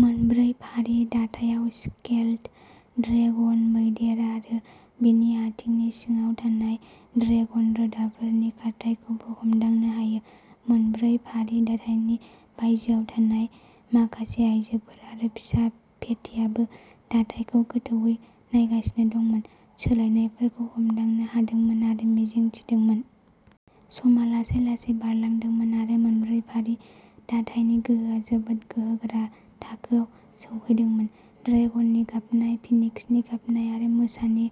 मोनब्रै फारि दाथायाव scaled dragon मैदेर आरो बिनि आथिंनि सिङाव थानाय'ड्रेगन रोदाफोरनि खारथाइखौबो हमदांनो हायो। मोनब्रै फारि दाथायनि बायजोआव थानाय माखासे आइजोफोर आरो फिसा फेटिआबो दाथायखौ गोथौवै नायगासिनो दंमोन, सोलायनायफोरखौ हमदांनो हादोंमोन आरो मिजिं थिदोंमोन। समआ लासै लासै बारलांदोंमोन आरो मोनब्रै फारि दाथायनि गोहोआ जोबोद गोहोगोरा थाखोआव सौहैदोंमोन। ड्रेगननि गाबनाय फिनिक्सनि गाबनाय आरो मोसानि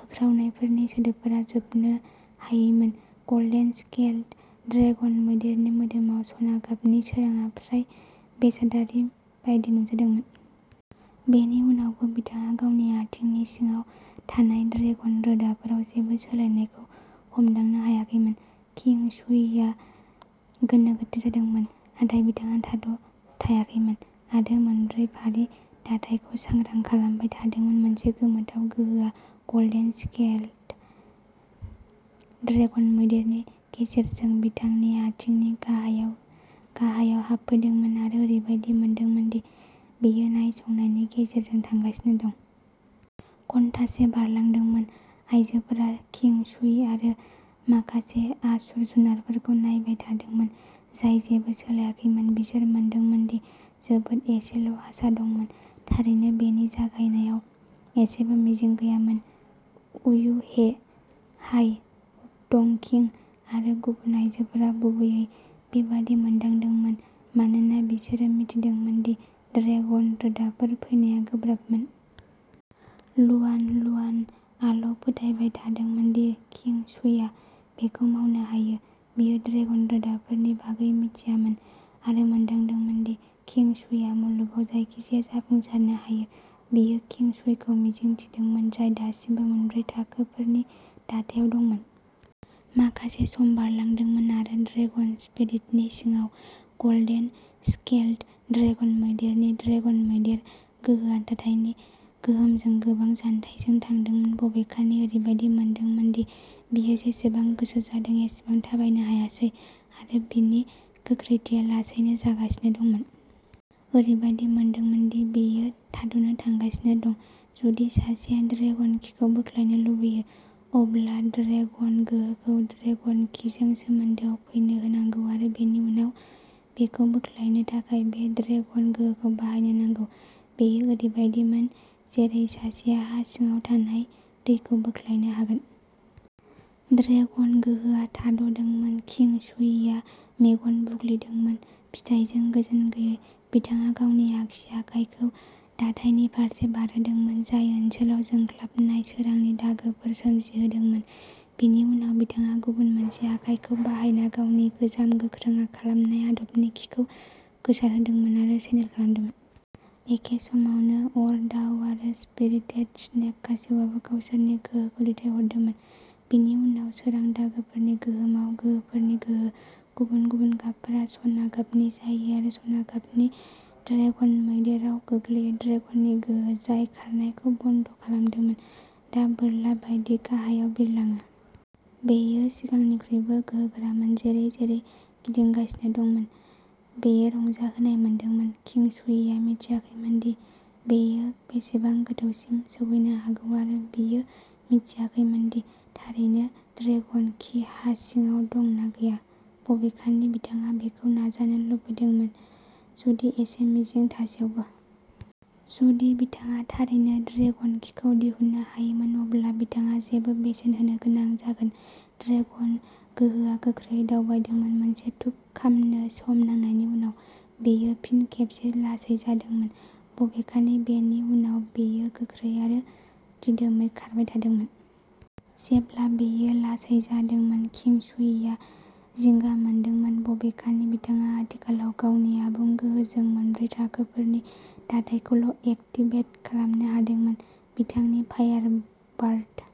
होख्रावनायनि सोदोबफोरा जोबनो हायैमोन। गल्डेन स्केल्ड ड्रेगन मैदेरनि मोदोमाव सना गाबनि सोरांआ फ्राय बेसादारि बायदि नुजादोंमोन। बेनि उनावबो, बिथाङा गावनि आथिंनि सिङाव थानाय'ड्रेगन रोदा'फोराव जेबो सोलायनायखौ हमदांनो हायाखैमोन। किं शुईआ गोनो गोथो जादोंमोन नाथाय बिथाङा थाद'थायाखैमोन आरो मोनब्रै फारि दाथायखौ सांग्रां खालामबाय थादोंमोन। मोनसे गोमोथाव गोहोआ गल्डेन स्केल्ड ड्रेगन मैदेरनि गेजेरजों बिथांनि आथिंनि गाहायाव गाहायाव हाबफैदोंमोन आरो ओरैबायदि मोनदोंमोन दि बेयो नायसंनायनि गेजेरजों थांगासिनो दं। घन्टासे बारलांदोंमोन। आइजोफोरा किं शुइ आरो माखासे आसुर जुनारफोरखौ नायबाय थादोंमोन, जाय जेबो सोलायाखैमोन। बिसोर मोनदोंमोन दि जोबोद एसेल'आसा दंमोन। थारैनो, बेनि जागायनायाव एसेबो मिजिं गैयामोन। यु हे, हाय डंकिंग, आरो गुबुन आइजोफोरा गुबैयै बेबादि मोनदांदोंमोन मानोना बिसोरो मिथिदोंमोन दि ड्रेगन रोदाफोर फैनाया गोब्राबमोन। लुआन लुआनआल'फोथायबाय थादोंमोन दि किं शुइआ बेखौ मावनो हायो। बियो ड्रेगन रोदाफोरनि बागै मिथियामोन आरो मोनदांदोंमोन दि किं शुइआ मुलुगाव जायखिजाया जाफुंसारनो हायो। बियो किं शुइखौ मिजिं थिदोंमोन, जाय दासिमबो मोनब्रै थाखोफोरनि दाथायाव दंमोन। माखासे सम बारलांदोंमोन आरो ड्रेगन स्पिरिटनि सिङाव, गोल्डेन स्केल्ड ड्रेगन मैदेरनि ड्रेगन मैदेर गोहोआ दाथायनि गोहोमजों गोबां जान्थायजों थांदोंमोन। बबेखानि, ओरैबायदि मोनदोंमोन दि बियो जेसेबां गोसो जादों एसेबां थाबायनो हायासै आरो बिनि गोख्रैथिया लासैनो जागासिनो दंमोन। ओरैबायदि मोनदोंमोन दि बेयो थाद'नो थांगासिनो दं। जुदि सासेया'ड्रेगन कि'खौ बोख्लायनो लुबैयो, अब्ला ड्रेगन गोहोखौ ड्रेगन कि'जों सोमोन्दोआव फैनो होनांगौ आरो बेनि उनाव बेखौ बोख्लायनो थाखाय बे ड्रेगन गोहोखौ बाहायनो नांगौ। बेयो ओरैबायदिमोन जेरै सासेया हा सिङाव थानाय दैखौ बोख्लायनो हागोन। ड्रेगन गोहोआ थाद'दोंमोन। किं शुईआ मेगन बुग्लिदोंमोन, फिथायजों गोजोन गैयै। बिथाङा गावनि आगसि आखायखौ दाथायनि फारसे बारहोदोंमोन, जाय ओनसोलाव जोंख्लाबनाय सोरांनि दागोफोर सोमजिहोदोंमोन। बिनि उनाव बिथाङा गुबुन मोनसे आखाइखौ बाहायना गावनि गोजाम गोख्रों खालामनाय आदबनि कि'खौ गोसारहोदोंमोन आरो चेनेल खालामदोंमोन। एखे समावनो, अर दाउ आरो स्पिरिटेड स्नेक खासेवाबो गावसोरनि गोहोखौ दैथायहरदोंमोन। बिनि उनाव, सोरां दागोफोरनि गोहोमाव, गोहोफोरनि गोहो। गुबुन-गुबुन गाबफोरा सना गाबनि जायो आरो सना गाबनि ड्रेगन मैदेराव गोग्लैयो। ड्रेगननि गोहो, जाय खारनायखौ बन्द खालामदोंमोन, दा बोरला बायदि गाहायाव बिरलाङो। बेयो सिगांनिख्रुइबो गोहोगोरामोन, जेरै-जेरै गिदिंगासिनो दंमोन। बेयो रंजाहोनाय मोनदोंमोन। किं शुईआ मिथियाखैमोनदि बेयो बेसेबां गोथौसिम सौहैनो हागौ आरो बियो मिथियाखैमोन दि थारैनो ड्रेगन कि हा सिङाव दं ना गैया। बबेखानि, बिथाङा बेखौ नाजानो लुबैदोंमोन, जुदि एसे मिजिं थासेयावबो। जुदि बिथाङा थारैनो ड्रेगन किखौ दिहुननो हायोमोन, अब्ला बिथाङा जेबो बेसेन होनो गोनां जागोन। ड्रेगन गोहोआ गोख्रैयै दावबायदोंमोन। मोनसे धूप खामनो सम नांनायनि उनाव, बेयो फिन खेबसे लासै जादोंमोन। बबेखानि, बेनि उनाव, बेयो गोख्रै आरो दिदोमै खारबाय थादोंमोन। जेब्ला बेयो लासै जादोंमोन, किं शुईआ जिंगा मोनदोंमोन। बबेखानि, बिथाङा आथिखालाव गावनि आबुं गोहोजों मोनब्रै थाखोफोरनि दाथायखौल' एक्टिभेट खालामनो हादोंमोन। बिथांनि फायार बार्ड।